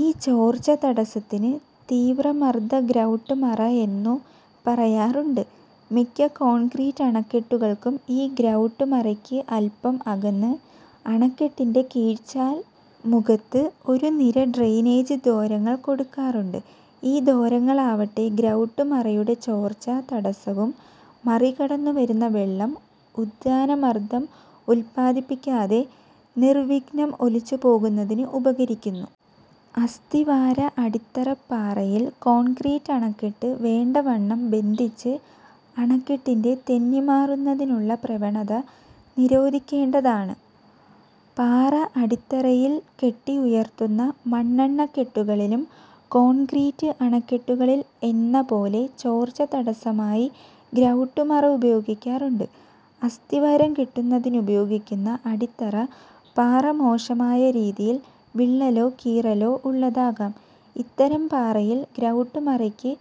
ഈ ചോർച്ച-തടസ്സത്തിന് 'തീവ്രമർദഗ്രൌട്ട്മറ' എന്നു പറയാറുണ്ട്. മിക്ക കോൺക്രീറ്റ് അണക്കെട്ടുകൾക്കും ഈ ഗ്രൌട്ട്-മറയ്ക്ക് അല്പം അകന്ന് അണക്കെട്ടിന്റെ കീഴ്ചാൽ മുഖത്ത് ഒരു നിര ഡ്രെയിനേജ് ദ്വാരങ്ങൾ കൊടുക്കാറുണ്ട്. ഈ ദ്വാരങ്ങളാവട്ടെ ഗ്രൌട്ട്-മറയുടെ ചോർച്ച-തടസ്സവും മറികടന്നു വരുന്ന വെള്ളം ഉത്ഥാന മർദ്ദം ഉത്പാദിപ്പിക്കാതെ നിർവിഘ്നം ഒലിച്ചു പോകുന്നതിന് ഉപകരിക്കുന്നു. അസ്ഥിവാര-അടിത്തറ പാറയിൽ കോൺക്രീറ്റ് അണക്കെട്ട് വേണ്ടവണ്ണം ബന്ധിച്ച് അണക്കെട്ടിന്റെ 'തെന്നിമാറുന്നതിനുള്ള പ്രവണത' നിരോധിക്കേണ്ടതാണ്. പാറ അടിത്തറയിൽ കെട്ടി ഉയർത്തുന്ന മണ്ണണക്കെട്ടുകളിലും കോൺക്രീറ്റ് അണക്കെട്ടുകളിൽ എന്നപോലെ ചോർച്ച-തടസ്സമായി ഗ്രൌട്ടു-മറ ഉപയോഗിക്കാറുണ്ട്. അസ്ഥിവാരം കെട്ടുന്നതിനുപയോഗിക്കുന്ന അടിത്തറ പാറ മോശമായ രീതിയിൽ വിള്ളലോ കീറലോ ഉള്ളതാകാം. ഇത്തരം പാറയിൽ ഗ്രൌട്ട്-മറയ്ക്ക്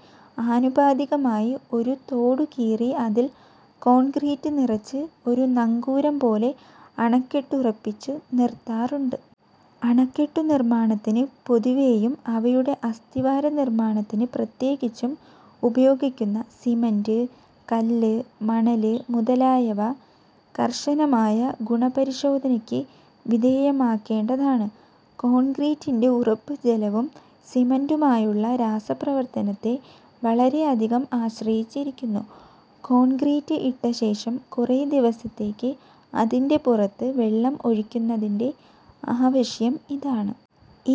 ആനുപാതികമായി ഒരു തോടു കീറി അതിൽ കോൺക്രീറ്റ് നിറച്ച് ഒരു നങ്കൂരം പോലെ അണക്കെട്ടുറപ്പിച്ചു നിർത്താറുണ്ട്. അണക്കെട്ടു നിർമ്മാണത്തിന് പൊതുവെയും അവയുടെ അസ്ഥിവാര നിർമ്മാണത്തിന് പ്രത്യേകിച്ചും ഉപയോഗിക്കുന്ന സിമന്റ്, കല്ല്, മണല് മുതലായവ കർശനമായ ഗുണ പരിശോധനയ്ക്ക് വിധേയമാക്കേണ്ടതാണ്. കോൺക്രീറ്റിന്റെ ഉറപ്പ് ജലവും സിമന്റുമായുള്ള രാസ പ്രവർത്തനത്തെ വളരെ അധികം ആശ്രയിച്ചിരിക്കുന്നു. കോൺക്രീറ്റ് ഇട്ട ശേഷം കുറേ ദിവസത്തേക്ക് അതിന്റെ പുറത്ത് വെള്ളം ഒഴിയ്ക്കുന്നതിന്റെ ആവശ്യം ഇതാണ്.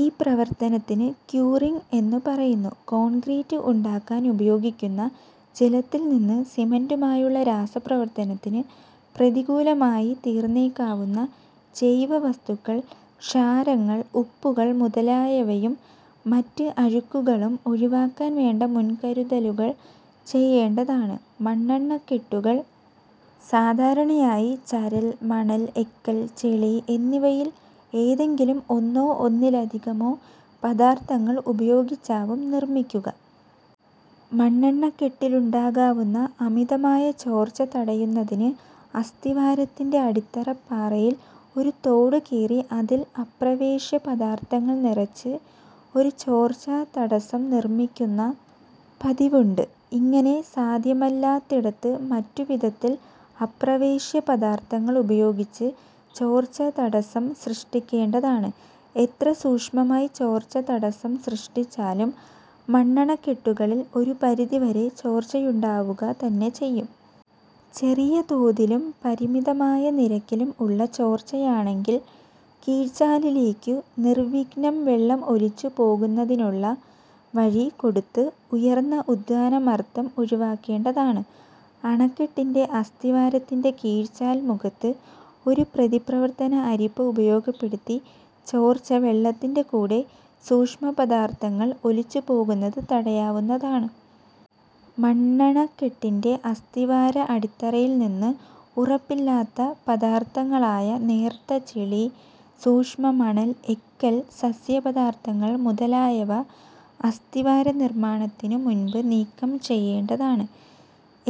ഈ പ്രവർത്തനത്തിന് ക്യൂറിങ്ങ് എന്നു പറയുന്നു. കോൺക്രീറ്റ് ഉണ്ടാക്കാൻ ഉപയോഗിക്കുന്ന ജലത്തിൽ നിന്ന് സിമന്റുമായുള്ള രാസ പ്രവർത്തനത്തിന് പ്രതികൂലമായി തീർന്നേക്കാവുന്ന ജൈവ വസ്തുക്കൾ, ക്ഷാരങ്ങൾ, ഉപ്പുകൾ മുതലായവയും മറ്റ് അഴുക്കുകളും ഒഴിവാക്കാൻ വേണ്ട മുൻകരുതലുകൾ ചെയ്യേണ്ടതാണ്. മണ്ണണക്കെട്ടുകൾ സാധാരണയായി ചരൽ, മണൽ, എക്കൽ, ചെളി എന്നിവയിൽ ഏതെങ്കിലും ഒന്നോ ഒന്നിലധികമൊ പദാർഥങ്ങൾ ഉപയോഗിച്ചാവും നിർമ്മിക്കുക. മണ്ണണക്കെട്ടിലുണ്ടാകാവുന്ന അമിതമായ ചോർച്ച തടയുന്നതിന് അസ്ഥിവാരത്തിന്റെ അടിത്തറ പാറയിൽ ഒരു തോടു കീറി അതിൽ അപ്രവേശ്യ പദാർഥങ്ങൾ നിറച്ച് ഒരു ചോർച്ച തടസ്സം നിർമ്മിക്കുന്ന പതിവുണ്ട്. ഇങ്ങനെ സാധ്യമല്ലാത്തിടത്ത് മറ്റു വിധത്തിൽ അപ്രവേശ്യ പദാർഥങ്ങൾ ഉപയോഗിച്ച് ചോർച്ച തടസ്സം സൃഷ്ടിക്കേണ്ടതാണ്. എത്ര സൂക്ഷ്മമായി ചോർച്ച-തടസ്സം സൃഷ്ടിച്ചാലും മണ്ണണക്കെട്ടുകളിൽ ഒരു പരിധി വരെ ചോർച്ചയുണ്ടാവുക തന്നെ ചെയ്യും. ചെറിയ തോതിലും പരിമിതമായ നിരക്കിലും ഉള്ള ചോർച്ചയാണെങ്കിൽ കീഴ്ചാലിലേക്കു നിർവിഘ്നം വെള്ളം ഒലിച്ചു പോകുന്നതിനുള്ള വഴി കൊടുത്ത് ഉയർന്ന ഉത്ഥാന മർദ്ദം ഒഴിവാക്കേണ്ടതാണ്. അണക്കെട്ടിന്റെ അസ്ഥിവാരത്തിന്റെ കീഴ്ചാൽ മുഖത്ത് ഒരു പ്രതിപ്രവർത്തന അരിപ്പ ഉപയോഗപ്പെടുത്തി ചോർച്ച വെള്ളത്തിന്റെ കൂടെ സൂക്ഷ്മ പദാർഥങ്ങൾ ഒലിച്ചു പോകുന്നത് തടയാവുന്നതാണ്. മണ്ണണക്കെട്ടിന്റെ അസ്ഥിവാര അടിത്തറയിൽ നിന്ന് ഉറപ്പില്ലാത്ത പദാർഥങ്ങളായ നേർത്ത ചെളി, സൂക്ഷ്മ മണൽ, എക്കൽ, സസ്യ പദാർഥങ്ങൾ മുതലായവ അസ്ഥിവാര നിർമ്മാണത്തിനു മുൻപ് നീക്കം ചെയ്യേണ്ടതാണ്.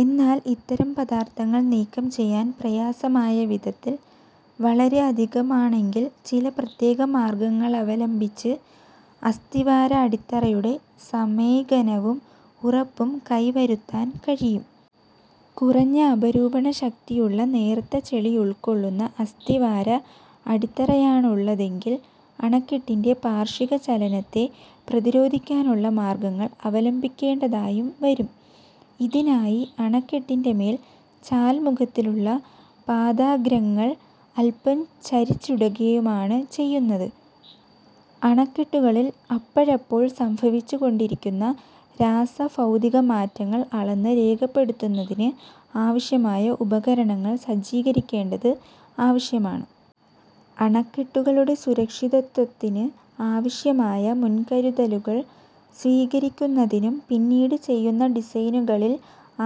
എന്നാൽ ഇത്തരം പദാർഥങ്ങൾ നീക്കം ചെയ്യാൻ പ്രയാസമായ വിധത്തിൽ വളരെ അധികമാണെങ്കിൽ, ചില പ്രത്യേക മാർഗ്ഗങ്ങളവലംബിച്ച് അസ്ഥിവാര-അടിത്തറയുടെ സമേകനവും ഉറപ്പും കൈവരുത്താൻ കഴിയും. കുറഞ്ഞ അപരൂപണ ശക്തിയുള്ള നേർത്ത ചെളിയുൾക്കൊള്ളുന്ന അസ്ഥിവാര-അടിത്തറയാണുള്ളതെങ്കിൽ അണക്കെട്ടിന്റെ പാർശ്വിക ചലനത്തെ പ്രതിരോധിക്കാനുള്ള മാർഗ്ഗങ്ങൾ അവലംബിക്കേണ്ടതായും വരും. ഇതിനായി അണക്കെട്ടിന്റെ മേൽ ചാൽമുഖത്തിലുള്ള പാദാഗ്രങ്ങൾ അല്പം ചരിച്ചിടുകയുമാണ് ചെയ്യുന്നത്. അണക്കെട്ടുകളിൽ അപ്പഴപ്പോൾ സംഭവിച്ചു കൊണ്ടിരിക്കുന്ന രാസഭൌതിക മാറ്റങ്ങൾ അളന്ന് രേഖപ്പെടുത്തുന്നതിന് ആവശ്യമായ ഉപകരണങ്ങൾ സജ്ജീകരിക്കേണ്ടത് ആവശ്യമാണ്. അണക്കെട്ടുകളുടെ സുരക്ഷിതത്വത്തിന് ആവശ്യമായ മുൻകരുതലുകൾ സ്വീകരിക്കുന്നതിനും, പിന്നീട് ചെയ്യുന്ന ഡിസൈനുകളിൽ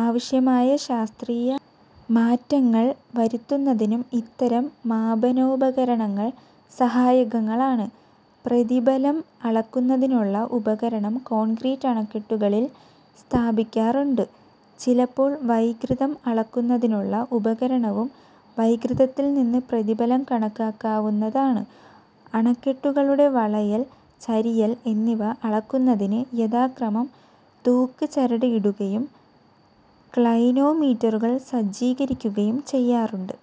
ആവശ്യമായ ശാസ്ത്രീയ മാറ്റങ്ങൾ വരുത്തുന്നതിനും ഇത്തരം മാപനോപകരണങ്ങൾ സഹായകങ്ങളാണ്. പ്രതിബലം അളക്കുന്നതിനുള്ള ഉപകരണം കോൺക്രീറ്റ് അണക്കെട്ടുകളിൽ സ്ഥാപിക്കാറുണ്ട്. ചിലപ്പോൾ വൈകൃതം അളക്കുന്നതിനുള്ള ഉപകരണവും; വൈകൃതത്തിൽ നിന്ന് പ്രതിബലം കണക്കാക്കാവുന്നതാണ്. അണക്കെട്ടുകളുടെ വളയൽ, ചരിയൽ എന്നിവ അളക്കുന്നതിന് യഥാക്രമം തൂക്ക്ചരട് ഇടുകയും ക്ളൈനോ മീറ്ററുകൾ സജ്ജീകരിക്കുകയും ചെയ്യാറുണ്ട്.